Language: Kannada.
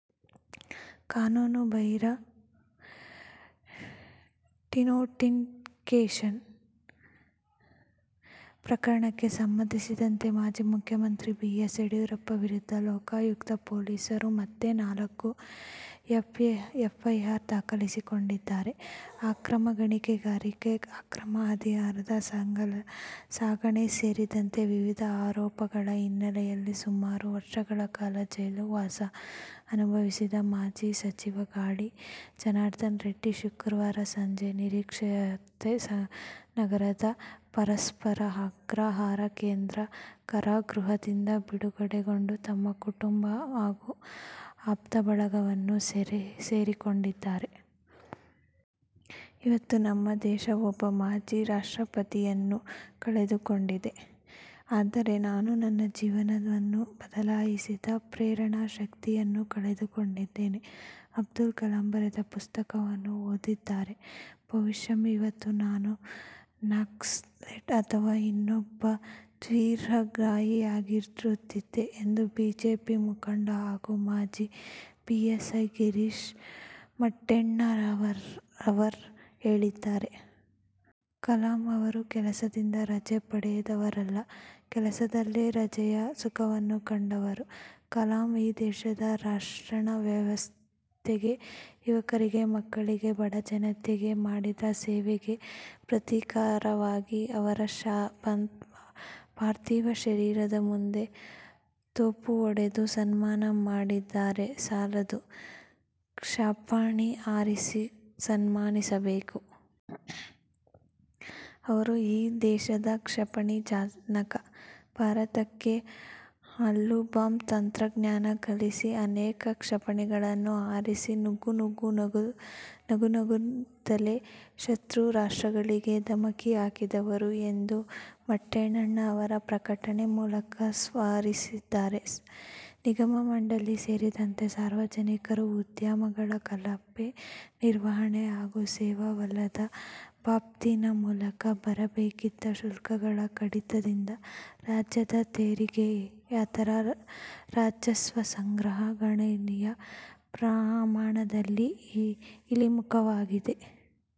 ಕಾನೂನುಬಾಹಿರ ಡಿನೋಟಿಫಿಕೇಷನ್ ಪ್ರಕರಣಕ್ಕೆ ಸಂಬಂಧಿಸಿದಂತೆ ಮಾಜಿ ಮುಖ್ಯಮಂತ್ರಿ ಬಿ. ಎಸ್. ಯಡಿಯೂರಪ್ಪ ವಿರುದ್ಧ ಲೋಕಾಯುಕ್ತ ಪೊಲೀಸರು ಮತ್ತೆ ನಾಲ್ಕು ಎಫ್ಐಆರ್ ದಾಖಲಿಸಿಕೊಂಡಿದ್ದಾರೆ. ಅಕ್ರಮ ಗಣಿಗಾರಿಕೆ, ಅಕ್ರಮ ಅದಿರು ಸಾಗಾಣೆ ಸೇರಿದಂತೆ ವಿವಿಧ ಆರೋಪಗಳ ಹಿನ್ನೆಲೆಯಲ್ಲಿ ಸುಮಾರು ವರ್ಷಗಳ ಕಾಲ ಜೈಲು ವಾಸ ಅನುಭವಿಸಿದ ಮಾಜಿ ಸಚಿವ ಗಾಲಿ ಜನಾರ್ದನ ರೆಡ್ಡಿ ಶುಕ್ರವಾರ ಸಂಜೆ ನಿರೀಕ್ಷೆಯಂತೆ ನಗರದ ಪರಪ್ಪನ ಆಗ್ರಹಾರ ಕೇಂದ್ರ ಕಾರಾಗೃಹದಿಂದ ಬಿಡುಗಡೆಗೊಂಡು ತಮ್ಮ ಕುಟುಂಬ ಹಾಗೂ ಆಪ್ತ ಬಳಗವನ್ನು ಸೇರಿಕೊಂಡಿದ್ದಾರೆ. "ಇವತ್ತು ನಮ್ಮ ದೇಶ ಒಬ್ಬ ಮಾಜಿ ರಾಷ್ಟ್ರಪತಿಯನ್ನು ಕಳೆದುಕೊಂಡಿದೆ. ಆದರೆ ನಾನು ನನ್ನ ಜೀವನವನ್ನು ಬದಲಿಸಿದ ಪ್ರೇರಣಾ ಶಕ್ತಿಯನ್ನು ಕಳೆದುಕೊಂಡಿದ್ದೇನೆ. ಅಬ್ದುಲ್ ಕಲಾಂ ಬರೆದ ಪುಸ್ತಕವನ್ನು ಓದದಿದ್ದರೆ ಬಹುಶಃ ಇವತ್ತು ನಾನು ನಕ್ಸಲೈಟ್ ಅಥವಾ ಇನ್ನೊಬ್ಬ ತೀವ್ರಗಾಮಿಯಾಗಿರುತ್ತಿದ್ದೆ' ಎಂದು ಬಿಜೆಪಿ ಮುಖಂಡ ಹಾಗೂ ಮಾಜಿ ಪಿಎಸ್ಐ ಗಿರೀಶ್ ಮಟ್ಟೆಣ್ಣವರ್ ಹೇಳಿದ್ದಾರೆ. ಕಲಾಂ ಅವರು ಕೆಲಸದಿಂದ ರಜೆ ಪಡೆದವರಲ್ಲ. ಕೆಲಸದಲ್ಲೇ ರಜೆಯ ಸುಖವನ್ನು ಕಂಡವರು. ಕಲಾಂ ಈ ದೇಶದ ರಕ್ಷಣಾ ವ್ಯವಸ್ಥೆಗೆ, ಯುವಕರಿಗೆ, ಮಕ್ಕಳಿಗೆ, ಬಡ ಜನತೆಗೆ ಮಾಡಿದ ಸೇವೆಗೆ ಪ್ರತೀಕವಾಗಿ ಅವರ ಪಾರ್ಥಿವ ಶರೀರದ ಮುಂದೆ ತೋಪು ಹೊಡೆದು ಸನ್ಮಾನ ಮಾಡಿದರೆ ಸಾಲದು. ಕ್ಷಿಪಣಿ ಹಾರಿಸಿ ಸನ್ಮಾನಿಸಬೇಕು. ಅವರು ಈ ದೇಶದ ಕ್ಷಿಪಣಿ ಜನಕ. ಭಾರತಕ್ಕೆ ಅಣುಬಾಂಬ್ ತಂತ್ರಜ್ಞಾನ ಕಲಿಸಿ, ಅನೇಕ ಕ್ಷಿಪಣಿಗಳನ್ನು ಹಾರಿಸಿ ನಗುನಗು ನಗುತ್ತಲೇ ಶತ್ರು ರಾಷ್ಟ್ರಗಳಿಗೆ ಧಮಕಿ ಹಾಕಿದವರು ಎಂದು ಮಟ್ಟೆಣ್ಣವರ್ ಪ್ರಕಟಣೆ ಮೂಲಕ ಸ್ಮರಿಸಿದ್ದಾರೆ. ನಿಗಮ-ಮಂಡಳಿ ಸೇರಿದಂತೆ ಸಾರ್ವಜನಿಕ ಉದ್ಯಮಗಳ ಕಳಪೆ ನಿರ್ವಹಣೆ ಹಾಗೂ ಸೇವಾವಲಯದ ಬಾಬ್ತಿನ ಮೂಲಕ ಬರಬೇಕಿದ್ದ ಶುಲ್ಕಗಳ ಕಡಿತದಿಂದ ರಾಜ್ಯದ ತೆರಿಗೆಯೇತರ ರಾಜಸ್ವ ಸಂಗ್ರಹ ಗಣನೀಯ ಪ್ರಮಾಣದಲ್ಲಿ ಇಳಿಮುಖವಾಗಿದೆ.